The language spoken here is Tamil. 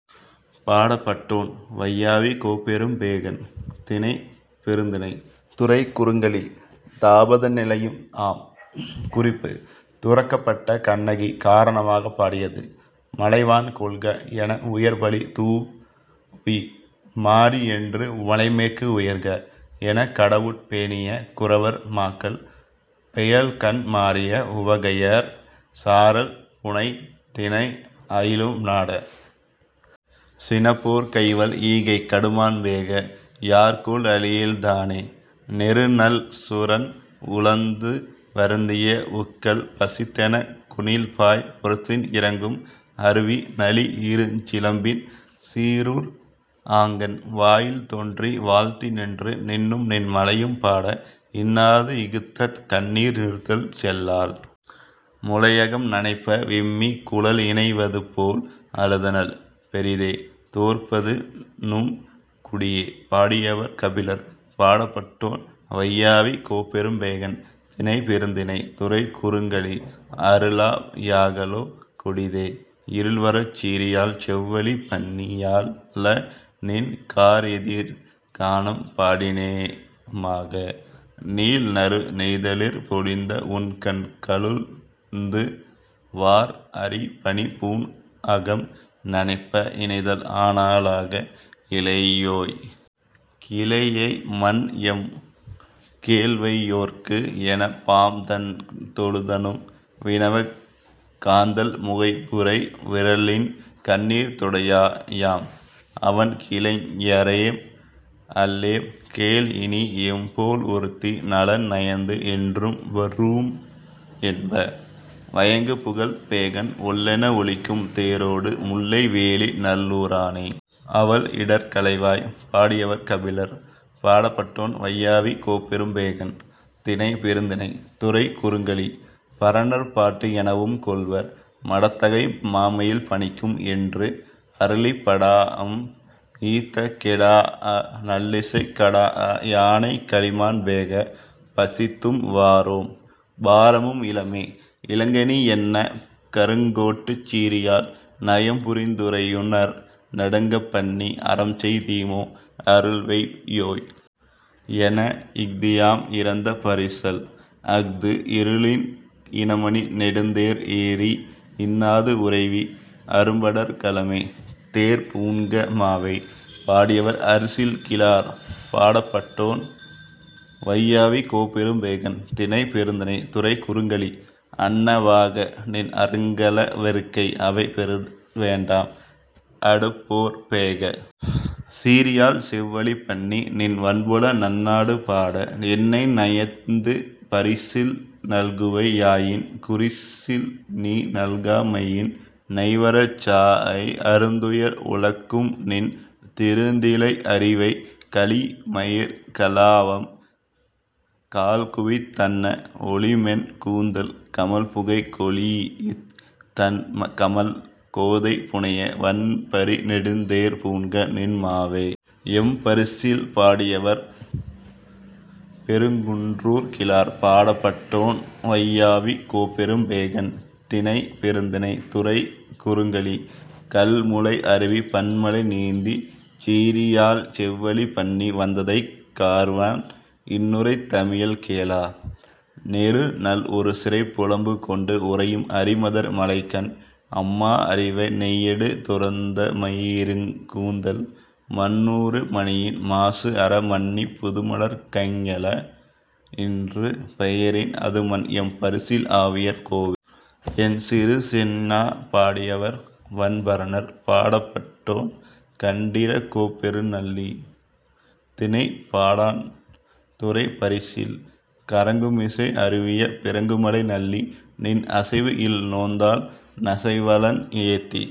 பாடப்பட்டோன்: வையாவிக் கோப்பெரும் பேகன். திணை: பெருந்திணை. துறை: குறுங்கலி; தாபதநிலையும் ஆம். குறிப்பு: துறக்கப்பட்ட கண்ணகி காரணமாகப் பாடியது. 'மலைவான் கொள்க! ' என, உயர்பலி தூஉய், 'மாரி ஆன்று, மழைமேக்கு உயர்க! ' எனக் கடவுட் பேணிய குறவர் மாக்கள், பெயல்கண் மாறிய உவகையர், சாரல் புனைத்தினை அயிலும் நாட! சினப் போர்க் கைவள் ஈகைக் கடுமான் பேக! யார்கொல் அளியள் தானே; நெருநல், சுரன் உழந்து வருந்திய ஒக்கல் பசித்தெனக், குணில்பாய் முரசின் இரங்கும் அருவி நளிஇருஞ் சிலம்பின் சீறூர் ஆங்கண். வாயில் தோன்றி, வாழ்த்தி நின்று, நின்னும்நின் மலையும் பாட, இன்னாது இகுத்த கண்ணீர் நிறுத்தல் செல்லாள். முலையகம் நனைப்ப, விம்மிக் குழல்இனை வதுபோல் அழுதனள், பெரிதே?. தோற்பது நும் குடியே! பாடியவர்: கபிலர். பாடப்பட்டோன்: வையாவிக் கோப்பெரும் பேகன். திணை: பெருந்திணை. துறை: குறுங்கலி. அருளா யாகலோ கொடிதே; இருள்வரச், சீறியாழ் செவ்வழி பண்ணி யாழ நின் கார்எதிர் கானம் பாடினே மாக, நீல்நறு நெய்தலிற் பொலிந்த உண்கண் கலுழ்ந்து, வார் அரிப் பனி பூண்அகம் நனைப்ப, இனைதல் ஆனா ளாக, 'இளையோய்! கிளையை மன், எம் கேள்வெய் யோற்கு? 'என, யாம்தன் தொழுதனம் வினவக், காந்தள் முகைபுரை விரலின் கண்ணீர் துடையா, 'யாம், அவன் கிளைஞரேம் அல்லேம்; கேள், இனி; எம்போல் ஒருத்தி நலன்நயந்து, என்றும், வரூஉம் என்ப; வயங்கு புகழ்ப் பேகன் ஒல்லென ஒலிக்கும் தேரொடு, முல்லை வேலி, நல்லூ ரானே! '. அவள் இடர் களைவாய்! பாடியவர்: கபிலர். பாடப்பட்டோன்: வையாவிக் கோப்பெரும் பேகன். திணை: பெருந்திணை. துறை: குறுங்கலி. 'பரணர் பாட்டு' எனவும் கொள்வர். 'மடத்தகை மாமயில் பனிக்கும்' என்று அருளிப் படாஅம் ஈத்த கெடாஅ நல்லிசைக், கடாஅ யானைக் கலிமான் பேக! பசித்தும் வாரோம்; பாரமும் இலமே; களங்கனி யன்ன கருங்கோட்டுச் சீறியாழ் நயம்புரிந் துறையுநர் நடுங்கப் பண்ணி, 'அறம்செய் தீமோ, அருள்வெய் யோய்! ' என, இ·தியாம் இரந்த பரிசில்: அ·து இருளின், இனமணி நெடுந்தேர் ஏறி, இன்னாது உறைவி அரும்படர் களைமே!. தேர் பூண்க மாவே! பாடியவர்: அரிசில் கிழார். பாடப்பட்டோன்: வையாவிக் கோப்பெரும் பேகன். திணை: பெருந்திணை. துறை: குறுங்கலி. அன்ன வாக; நின் அருங்கல வெறுக்கை அவை பெறல் வேண்டேம்; அடுபோர்ப் பேக! சீறியாழ் செவ்வழி பண்ணி, நின் வன்புல நன்னாடு பாட, என்னை நயந்து பரிசில் நல்குவை யாயின், குரிசில்! நீ நல்கா மையின் நைவரச் சாஅய், அருந்துயர் உழக்கும்நின் திருந்திழை அரிவை கலிமயிற் கலாவம் கால்குவித் தன்ன, ஒலிமென் கூந்தல் கமழ்புகை கொளீஇத், தண்கமழ் கோதை புனைய, வண்பரி நெடுந்தேர் பூண்க, நின் மாவே!. எம் பரிசில்! பாடியவர்: பெருங்குன்றூர் கிழார். பாடப்பட்டோன்: வையாவிக் கோப்பெரும் பேகன். திணை: பெருந்திணை. துறை: குறுங்கலி. கல்முழை அருவிப் பன்மலை நீந்திச், சீறியாழ் செவ்வழி பண்ணி வந்ததைக், கார்வான் இன்னுறை தமியள் கேளா, நெருநல் ஒருசிறைப் புலம்புகொண்டு உறையும் அரிமதர் மழைக்கண், அம்மா அரிவை நெய்யடு துறந்த மையிருங் கூந்தல் மண்ணூறு மணியின் மாசுஅற மண்ணிப், புதுமலர் கஞல, இன்று பெயரின் அதுமன், எம் பரிசில் ஆவியர் கோவே!. என் சிறு செந்நா! பாடியவர்: வன்பரணர். பாடப்பட்டோன்: கண்டீரக் கோப் பெருநள்ளி. திணை: பாடாண். துறை: பரிசில். கறங்குமிசை அருவிய பிறங்குமலை நள்ளி! நின் அசைவுஇல் நோந்தாள் நசைவளன் ஏத்தி,